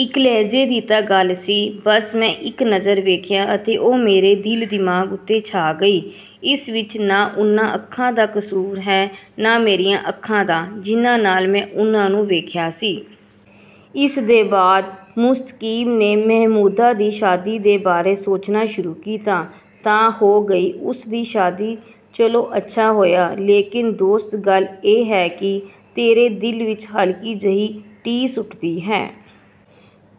ਇੱਕ ਲਹਿਜੇ ਦੀ ਤਾਂ ਗੱਲ ਸੀ। ਬਸ ਮੈਂ ਇੱਕ ਨਜ਼ਰ ਵੇਖਿਆ ਅਤੇ ਉਹ ਮੇਰੇ ਦਿਲ ਦਿਮਾਗ਼ ਉੱਤੇ ਛਾ ਗਈ। ਇਸ ਵਿੱਚ ਨਾ ਉਨ੍ਹਾਂ ਅੱਖਾਂ ਦਾ ਕੁਸੂਰ ਹੈ, ਨਾ ਮੇਰੀਆਂ ਅੱਖਾਂ ਦਾ ਜਿਨ੍ਹਾਂ ਨਾਲ ਮੈਂ ਉਨ੍ਹਾਂ ਨੂੰ ਵੇਖਿਆ ਸੀ। " ਇਸ ਦੇ ਬਾਅਦ ਮੁਸਤਕੀਮ ਨੇ ਮਹਿਮੂਦਾ ਦੀ ਸ਼ਾਦੀ ਦੇ ਬਾਰੇ ਸੋਚਣਾ ਸ਼ੁਰੂ ਕੀਤਾ। "ਤਾਂ ਹੋ ਗਈ ਉਸ ਦੀ ਸ਼ਾਦੀ, ਚਲੋ ਅੱਛਾ ਹੋਇਆ, ਲੇਕਿਨ ਦੋਸਤ ਗੱਲ ਇਹ ਹੈ ਕਿ ਤੇਰੇ ਦਿਲ ਵਿੱਚ ਹਲਕੀ ਜਿਹੀ ਟੀਸ ਉੱਠਦੀ ਹੈ।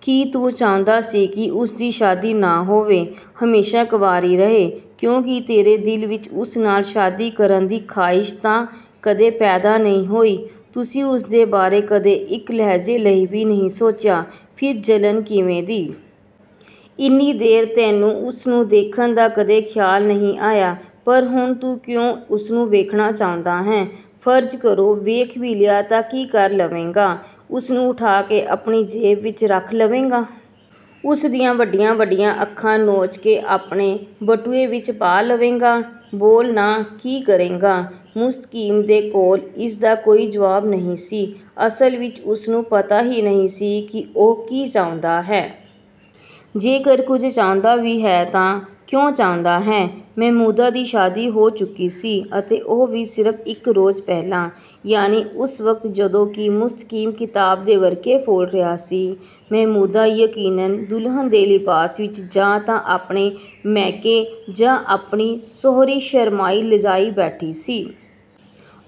ਕੀ ਤੂੰ ਚਾਹੁੰਦਾ ਸੀ ਕਿ ਉਸ ਦੀ ਸ਼ਾਦੀ ਨਾ ਹੋਵੇ? ਹਮੇਸ਼ਾ ਕੰਵਾਰੀ ਰਹੇ, ਕਿਉਂਕਿ ਤੇਰੇ ਦਿਲ ਵਿੱਚ ਉਸ ਨਾਲ ਸ਼ਾਦੀ ਕਰਨ ਦੀ ਖ਼ਾਹਿਸ਼ ਤਾਂ ਕਦੇ ਪੈਦਾ ਨਹੀਂ ਹੋਈ, ਤੁਸੀਂ ਉਸ ਦੇ ਬਾਰੇ ਕਦੇ ਇੱਕ ਲਹਿਜ਼ੇ ਲਈ ਵੀ ਨਹੀਂ ਸੋਚਿਆ, ਫਿਰ ਜਲਨ ਕਿਵੇਂ ਦੀ? ਇੰਨੀ ਦੇਰ ਤੈਨੂੰ ਉਸਨੂੰ ਦੇਖਣ ਦਾ ਕਦੇ ਖ਼ਿਆਲ ਨਹੀਂ ਆਇਆ, ਪਰ ਹੁਣ ਤੂੰ ਕਿਉਂ ਉਸਨੂੰ ਵੇਖਣਾ ਚਾਹੁੰਦਾ ਹੈਂ? ਫ਼ਰਜ਼ ਕਰੋ ਵੇਖ ਵੀ ਲਿਆ ਤਾਂ ਕੀ ਕਰ ਲਵੇਂਗਾ, ਉਸਨੂੰ ਉਠਾ ਕੇ ਆਪਣੀ ਜੇਬ ਵਿੱਚ ਰੱਖ ਲਵੇਂਗਾ.? ਉਸ ਦੀਆਂ ਵੱਡੀਆਂ-ਵੱਡੀਆਂ ਅੱਖਾਂ ਨੋਚ ਕੇ ਆਪਣੇ ਬਟੂਏ ਵਿੱਚ ਪਾ ਲਵੇਂਗਾ? ਬੋਲ ਨਾ, ਕੀ ਕਰੇਂਗਾ?" ਮੁਸਤਕੀਮ ਦੇ ਕੋਲ ਇਸ ਦਾ ਕੋਈ ਜਵਾਬ ਨਹੀਂ ਸੀ। ਅਸਲ ਵਿੱਚ ਉਸਨੂੰ ਪਤਾ ਹੀ ਨਹੀਂ ਸੀ ਕਿ ਉਹ ਕੀ ਚਾਹੁੰਦਾ ਹੈ। ਜੇਕਰ ਕੁੱਝ ਚਾਹੁੰਦਾ ਵੀ ਹੈ ਤਾਂ ਕਿਉਂ ਚਾਹੁੰਦਾ ਹੈ? ਮਹਿਮੂਦਾ ਦੀ ਸ਼ਾਦੀ ਹੋ ਚੁੱਕੀ ਸੀ, ਅਤੇ ਉਹ ਵੀ ਸਿਰਫ ਇੱਕ ਰੋਜ਼ ਪਹਿਲਾਂ। ਯਾਨੀ ਉਸ ਵਕਤ ਜਦੋਂ ਕਿ ਮੁਸਤਕੀਮ ਕਿਤਾਬ ਦੇ ਵਰਕੇ ਫ਼ੋਲ ਰਿਹਾ ਸੀ, ਮਹਿਮੂਦਾ ਯਕੀਨਨ ਦੁਲਹਨ ਦੇ ਲਿਬਾਸ ਵਿੱਚ ਜਾਂ ਤਾਂ ਆਪਣੇ ਮੈਕੇ ਜਾਂ ਆਪਣੀ ਸਹੁਰੀਂ ਸ਼ਰਮਾਈ ਲੱਜਾਈ ਬੈਠੀ ਸੀ।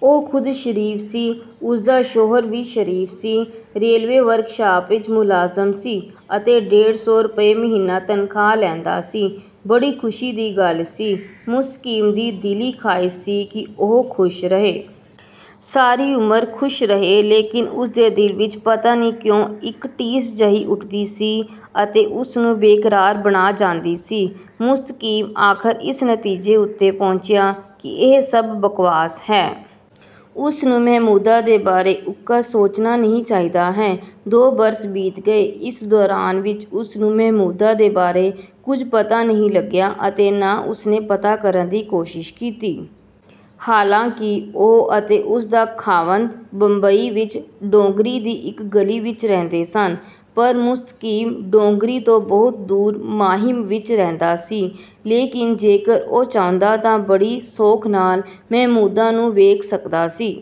ਉਹ ਖ਼ੁਦ ਸ਼ਰੀਫ ਸੀ, ਉਸ ਦਾ ਸ਼ੌਹਰ ਵੀ ਸ਼ਰੀਫ ਸੀ, ਰੇਲਵੇ ਵਰਕਸ਼ਾਪ ਵਿੱਚ ਮੁਲਾਜ਼ਮ ਸੀ ਅਤੇ ਡੇਢ ਸੌ ਰੁਪਏ ਮਹੀਨਾ ਤਨਖ਼ਾਹ ਲੈਂਦਾ ਸੀ। ਬੜੀ ਖੁਸ਼ੀ ਦੀ ਗੱਲ ਸੀ। ਮੁਸਤਕੀਮ ਦੀ ਦਿਲੀ ਖ਼ਾਹਿਸ਼ ਸੀ ਕਿ ਉਹ ਖ਼ੁਸ਼ ਰਹੇ। ਸਾਰੀ ਉਮਰ ਖ਼ੁਸ਼ ਰਹੇ। ਲੇਕਿਨ ਉਸ ਦੇ ਦਿਲ ਵਿੱਚ ਪਤਾ ਨਹੀਂ ਕਿਉਂ ਇੱਕ ਟੀਸ ਜਹੀ ਉੱਠਦੀ ਸੀ ਅਤੇ ਉਸਨੂੰ ਬੇਕਰਾਰ ਬਣਾ ਜਾਂਦੀ ਸੀ। ਮੁਸਤਕੀਮ ਆਖਰ ਇਸ ਨਤੀਜੇ ਉੱਤੇ ਪਹੁੰਚਿਆ ਕਿ ਇਹ ਸਭ ਬਕਵਾਸ ਹੈ। ਉਸਨੂੰ ਮਹਿਮੂਦਾ ਦੇ ਬਾਰੇ ਉੱਕਾ ਸੋਚਣਾ ਨਹੀਂ ਚਾਹੀਦਾ ਹੈ। ਦੋ ਬਰਸ ਬੀਤ ਗਏ। ਇਸ ਦੌਰਾਨ ਵਿੱਚ ਉਸਨੂੰ ਮਹਿਮੂਦਾ ਦੇ ਬਾਰੇ ਕੁੱਝ ਪਤਾ ਨਹੀਂ ਲੱਗਿਆ ਅਤੇ ਨਾ ਉਸ ਨੇ ਪਤਾ ਕਰਨ ਦੀ ਕੋਸ਼ਿਸ਼ ਕੀਤੀ। ਹਾਲਾਂ ਕਿ ਉਹ ਅਤੇ ਉਸ ਦਾ ਖ਼ਾਵੰਦ ਬੰਬਈ ਵਿੱਚ ਡੋਂਗਰੀ ਦੀ ਇੱਕ ਗਲੀ ਵਿੱਚ ਰਹਿੰਦੇ ਸਨ। ਪਰ ਮੁਸਤਕੀਮ ਡੋਂਗਰੀ ਤੋਂ ਬਹੁਤ ਦੂਰ ਮਾਹਿਮ ਵਿੱਚ ਰਹਿੰਦਾ ਸੀ, ਲੇਕਿਨ ਜੇਕਰ ਉਹ ਚਾਹੁੰਦਾ ਤਾਂ ਬੜੀ ਸੌਖ ਨਾਲ ਮਹਿਮੂਦਾ ਨੂੰ ਵੇਖ ਸਕਦਾ ਸੀ।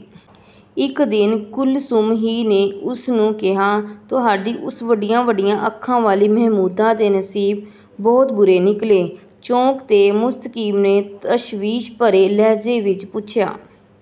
ਇੱਕ ਦਿਨ ਕੁਲਸੁਮ ਹੀ ਨੇ ਉਸ ਨੂੰ ਕਿਹਾ। "ਤੁਹਾਡੀ ਉਸ ਵੱਡੀਆਂ-ਵੱਡੀਆਂ ਅੱਖਾਂ ਵਾਲੀ ਮਹਿਮੂਦਾ ਦੇ ਨਸੀਬ ਬਹੁਤ ਬੁਰੇ ਨਿਕਲੇ! " ਚੌਂਕ ਕੇ ਮੁਸਤਕੀਮ ਨੇ ਤਸ਼ਵੀਸ਼ ਭਰੇ ਲਹਿਜੇ ਵਿੱਚ ਪੁੱਛਿਆ।